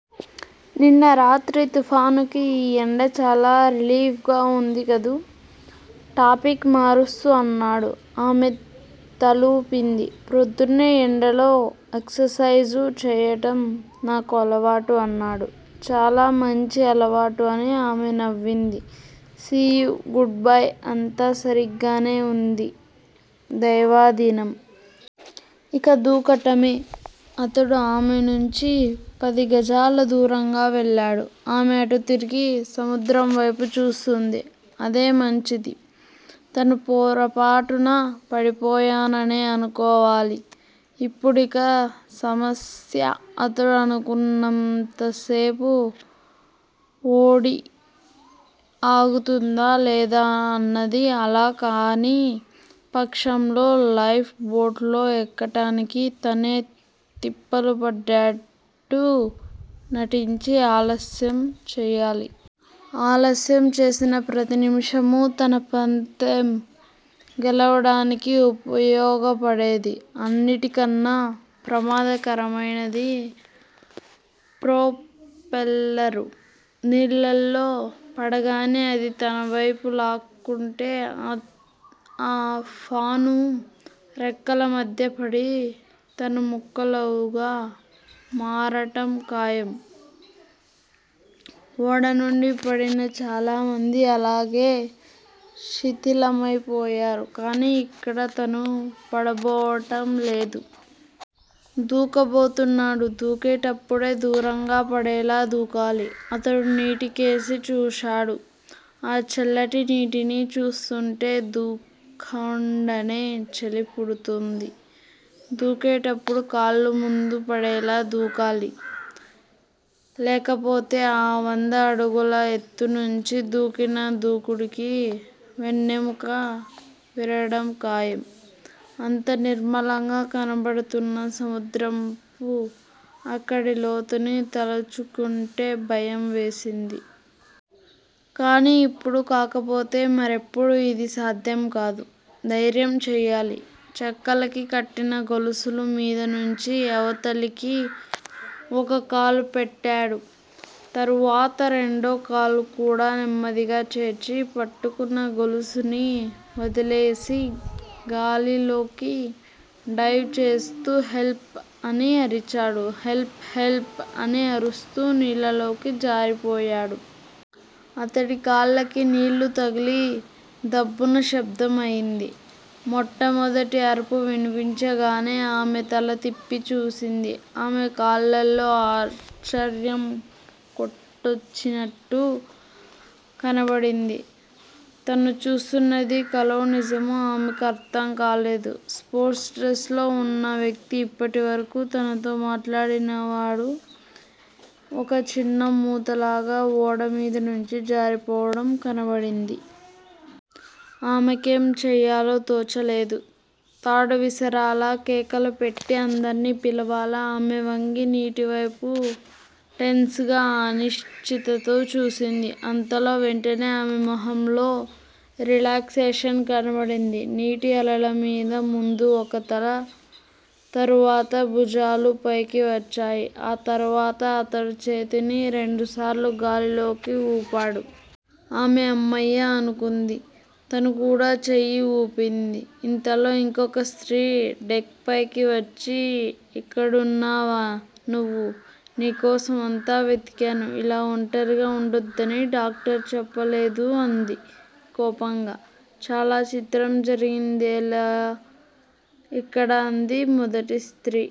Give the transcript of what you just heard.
నిన్న రాత్రి తుఫానుకి ఈ ఎండ చాలా రిలీఫ్ గా వుంది కదూ! టాపిక్ మారుస్తూ అన్నాడు. ఆమె తలూపింది. ప్రొద్దున్నే ఎండలో ఎక్సర్ సైజు చెయ్యటం నాకు అలవాటు అన్నాడు. చాలా మంచి ఆలవాటు అని ఆమె నవ్వింది. సీ యూ గుడ్ బై అంతా సరీగ్గానే ఉంది దైవాధీనం! ఇక దూకటమే!!! అతడు ఆమెనుంచి పదిగజాల దూరంగా వెళ్లాడు. ఆమె అటు తిరిగి సముద్రంవైపు చూస్తూంది. అదే మంచిది. తను పొరపాటున పడిపోయాననే అనుకోవాలి. ఇప్పుడిక సమస్య- అతడు అనుకున్నంతసేపు ఓడ ఆగుతుందా లేదా అన్నది. అలా కాని పక్షంలో లైఫ్ బోటులో ఎక్కటానికి తనే తిప్పలు పడ్డట్టూ నటించి ఆలస్యం చెయ్యాలి. ఆలస్యం చేసిన ప్రతి నిమిషమూ తన పందెం గెలవటానికి ఉపయోగపడేదే! అన్నిటికన్నా ప్రమాదకరమైనది ప్రోపెల్లరు. నీళ్ళల్లో పడగానే అది తనవైపు లాక్కుంటే, ఆ ఫాను రెక్కలమధ్య పడి తను ముక్కలుగా మారటం ఖాయం. ఓడనుండి పడిన చాలా మంది, అలాగే శిథిలమైపోయారు. కానీ ఇక్కడ తను 'పడ' బోవటం లేదు. 'దూక' బోతున్నాడు. దూకేటప్పుడే దూరంగా పడేలా దూకాలి. అతడు నీటికేసి చూశాడు. ఆ చల్లటి నీటిని చూస్తూంటే దూక్కండనే చలి పుడుతోంది. దూకేటప్పుడు కాళ్ళు ముందు పడేలా దూకాలి. లేకపోతే ఆ వంద అడుగుల ఎత్తునుంచి దూకిన దూకుడుకి వెన్నెముక విరగటం ఖాయం. అంత నిర్మలంగా కనబడుతున్న సముద్రపు అక్కడి లోతుని తలుచుకుంటే భయం వేసింది. కానీ ఇప్పుడు కాకపోతే మరెప్పుడూ యిది సాధ్యం కాదు. ధైర్యం చెయ్యాలి. చెక్కలకి కట్టిన గొలుసులు మీదనుంచి అవతలికి ఒక కాలు పెట్టాడు. తరువాత రెండోకాలుకూడా నెమ్మదిగా చేర్చి, పట్టుకున్న గొలుసుని వదిలేసి గాలిలోకి డైవ్ చేస్తూ, హెల్ప్! అని అరిచాడు. హెల్ప్! హెల్ప్! అని అరుస్తూ నీళ్ళలోకి జారిపోయాడు. అతడి కాళ్ళకి నీళ్ళు తగిలి దబ్బున శబ్దం అయింది. మొట్టమొదటి అరుపు వినిపించగానే ఆమె తల తిప్పి చూసింది. ఆమె కళ్ళల్లో ఆశ్చర్యం కొట్టొచ్చినట్టు కనబడింది. తను చూస్తున్నది కలో. నిజమో ఆమెకి అర్థంకాలేదు. స్పోర్ట్స్ డ్రెస్ లో వున్న వ్యక్తి, ఇప్పటివరకూ తనతో మాట్లాడినవాడు ఒక చిన్న మూతలాగా ఓడ మీదనుంచి జారిపోవటం కనబడింది. ఆమెకేం చెయ్యాలో తోచలేదు. తాడు విసరాలా, కేకలు పెట్టి అందర్నీ పిలవాలా? ఆమె వంగి నీటివైపు టెన్స్ గా, అనిశ్చితతో చూసింది. అంతలో వెంటనే ఆమె మొహంలో రిలాక్సేషన్ కనబడింది. నీటి అలలమీద ముందు ఒక తల, తరువాత భూజాలూ పైకి వచ్చాయి. ఆ తరువాత అతడు చేతిని రెండుసార్లు గాలిలోకి వూపాడు. ఆమె అమ్మయ్య అనుకుంది. తను కూడా చెయ్యి వూపింది. ఇంతలో ఇంకొక స్త్రీ, డెక్ పైకి వచ్చి ఇక్కడున్నావా నువ్వు? నీ కోసం అంతా వెతికాను. ఇలా ఒంటరిగా ఉండొద్దని డాక్టరు చెప్పలేదూ అంది కోపంగా. చాలా చిత్రం జరిగిందిలే ఇక్కడ అంది మొదటి స్త్రీ.